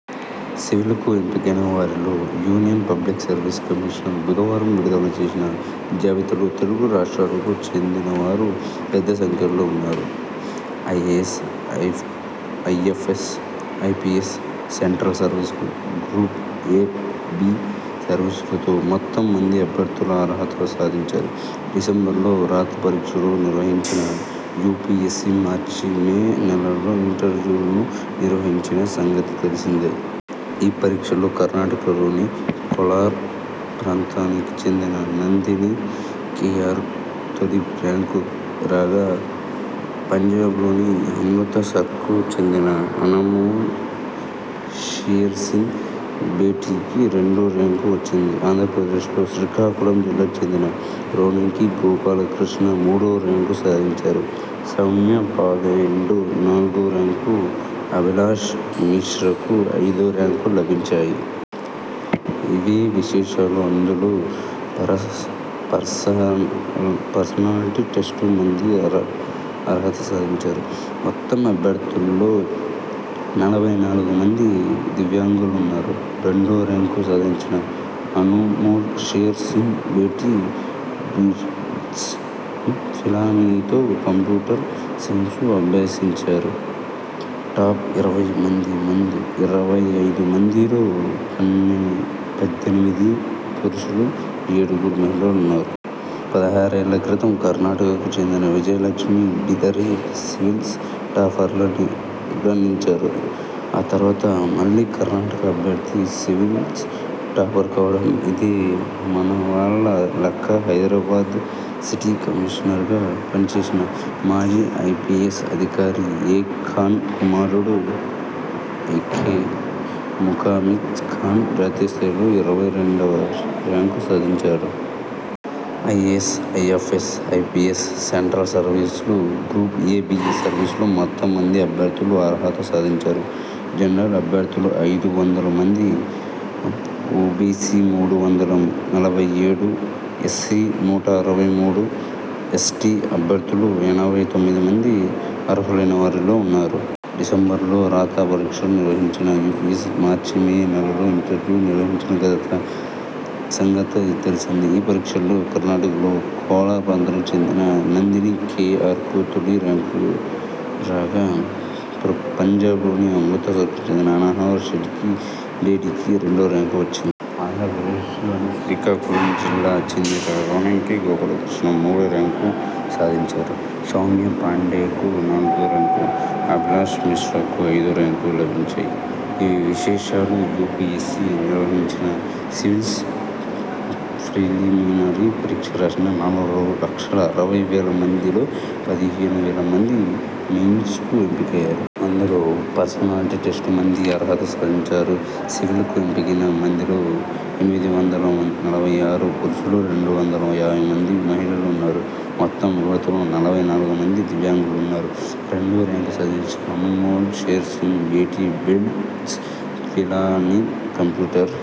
సివిల్స్కు ఎంపికైన వారితో union public service commission బుధవారం విడుదల చేసిన జాబితాలో తెలుగు రాష్ట్రాలకు చెందినవారు పెద్ద సంఖ్యలో ఉన్నారు. ఐఏఎస్, ఐఎ్ఫఎస్, ఐపీఎస్, సెంట్రల్ సర్వీసులు, గ్రూప్ ఎ, బి సర్వీసులలో మొత్తం మంది అభ్యర్థులు అర్హత సాధించారు. డిసెంబరు లో రాత పరీక్షలు నిర్వహించిన యూపీఎస్సీ మార్చి మే నెలల్లో ఇంటర్యూలను నిర్వహించిన సంగతి తెలిసిందే. ఈ పరీక్షల్లో కర్ణాటక లోని కోలార్ ప్రాంతానికి చెందిన నందిని కేఆర్కు తొలి ర్యాంకు రాగా పంజాబ్లోని అమృతసర్కు చెందిన అనమోల్ షేర్ సింగ్ బేడీకి రెండో ర్యాంకు వచ్చింది. ఆంధ్రప్రదేశలోని శ్రీకాకుళం జిల్లాకు చెందిన రోణంకి గోపాలకృష్ణ మూడో ర్యాంకు సాధించారు. సౌమ్య పాండేకు నాలుగో ర్యాంకు, అభిలాశ్ మిశ్రాకు ఐదో ర్యాంకు లభించాయి. ఇవీ విశేషాలు అందులో పర్సనాలిటీ టెస్ట్కు మంది అర్హత సాధించారు. మొత్తం అభ్యర్థుల్లో నలభై నాలుగు మంది దివ్యాంగులున్నారు. రెండో ర్యాంకు సాధించిన అనుమోల్ షేర్ సింగ్ బేడీ బిట్స్, పిలానీలో కంప్యూటర్ సైన్స్ను అభ్యసించారు. టాప్ ఇరవై ఐదు మందిలో పద్దెనిమిది పురుషులు, ఏడుగురు మహిళలు ఉన్నారు. పదహారేళ్ల క్రితం కర్ణాటకకు చెందిన విజయలక్ష్మి బిదరి సివిల్స్ టాపర్గా నిలిచారు. ఆ తర్వాత మళ్లీ కర్ణాటక అభ్యర్థి సివిల్స్ టాపర్ కావడం ఇదే. మనవాళ్ల లెక్క హైదరాబాద్ సిటీ కమిషనర్గా పనిచేసిన మాజీ ఐపీఎస్ అధికారి ఏకే ఖాన్ కుమారుడు ముజామిల్ ఖాన్ జాతీయస్థాయిలో ఇరవై రెండవ ర్యాంకు సాధించాడు. ఐఏఎస్, ఐఎ్ఫఎస్, ఐపీఎస్, సెంట్రల్ సర్వీసులు, గ్రూప్ ఎ, బి సర్వీసులలో మొత్తం మంది అభ్యర్థులు అర్హత సాధించారు. జనరల్ అభ్యర్థులు ఐదు వందల మంది, ఓబీసీ మూడు వందల నలభై ఏడు, ఎస్సీ నూట అరవై మూడు, ఎస్టీ అభ్యర్థులు ఎనభై తొమ్మిది మంది అర్హులైన వారిలో ఉన్నారు. డిసెంబరులో రాత పరీక్షలు నిర్వహించిన యూపీఎస్సీ మార్చి మే నెలల్లో ఇంటర్యూలను నిర్వహించిన సంగతి తెలిసిందే. ఈ పరీక్షల్లో కర్ణాటకలోని కోలార్ ప్రాంతానికి చెందిన నందిని కేఆర్కు తొలి ర్యాంకు రాగా పంజాబ్లోని అమృతసర్కు చెందిన అనమోల్ షేర్ సింగ్ బేడీకి రెండో ర్యాంకు వచ్చింది. ఆంధ్రప్రదేశలోని శ్రీకాకుళం జిల్లాకు చెందిన రోణంకి గోపాలకృష్ణ మూడో ర్యాంకు సాధించారు. సౌమ్య పాండేకు నాలుగో ర్యాంకు, అభిలాశ్ మిశ్రాకు ఐదో ర్యాంకు లభించాయి. ఇవీ విశేషాలు యూపీఎస్సీ నిర్వహించిన సివిల్స్ ప్రిలిమినరీ పరీక్ష రాసిన నాలుగు లక్షల అరవై వేల మందిలో పదిహేను వేల మంది మెయిన్స్కు ఎంపికయ్యారు. అందులో పర్సనాలిటీ టెస్ట్కు మంది అర్హత సాధించారు. సివిల్స్కు ఎంపికైన మందిలో ఎనిమిది వందల నలభై ఆరు పురుషులు, రెండు వందల యాభై మూడు మహిళలు ఉన్నారు. మొత్తం అభ్యర్థుల్లో నలభై నాలుగు మంది దివ్యాంగులున్నారు. రెండో ర్యాంకు సాధించిన అనుమోల్ షేర్ సింగ్ బేడీ బిట్స్, పిలానీలో కంప్యూటర్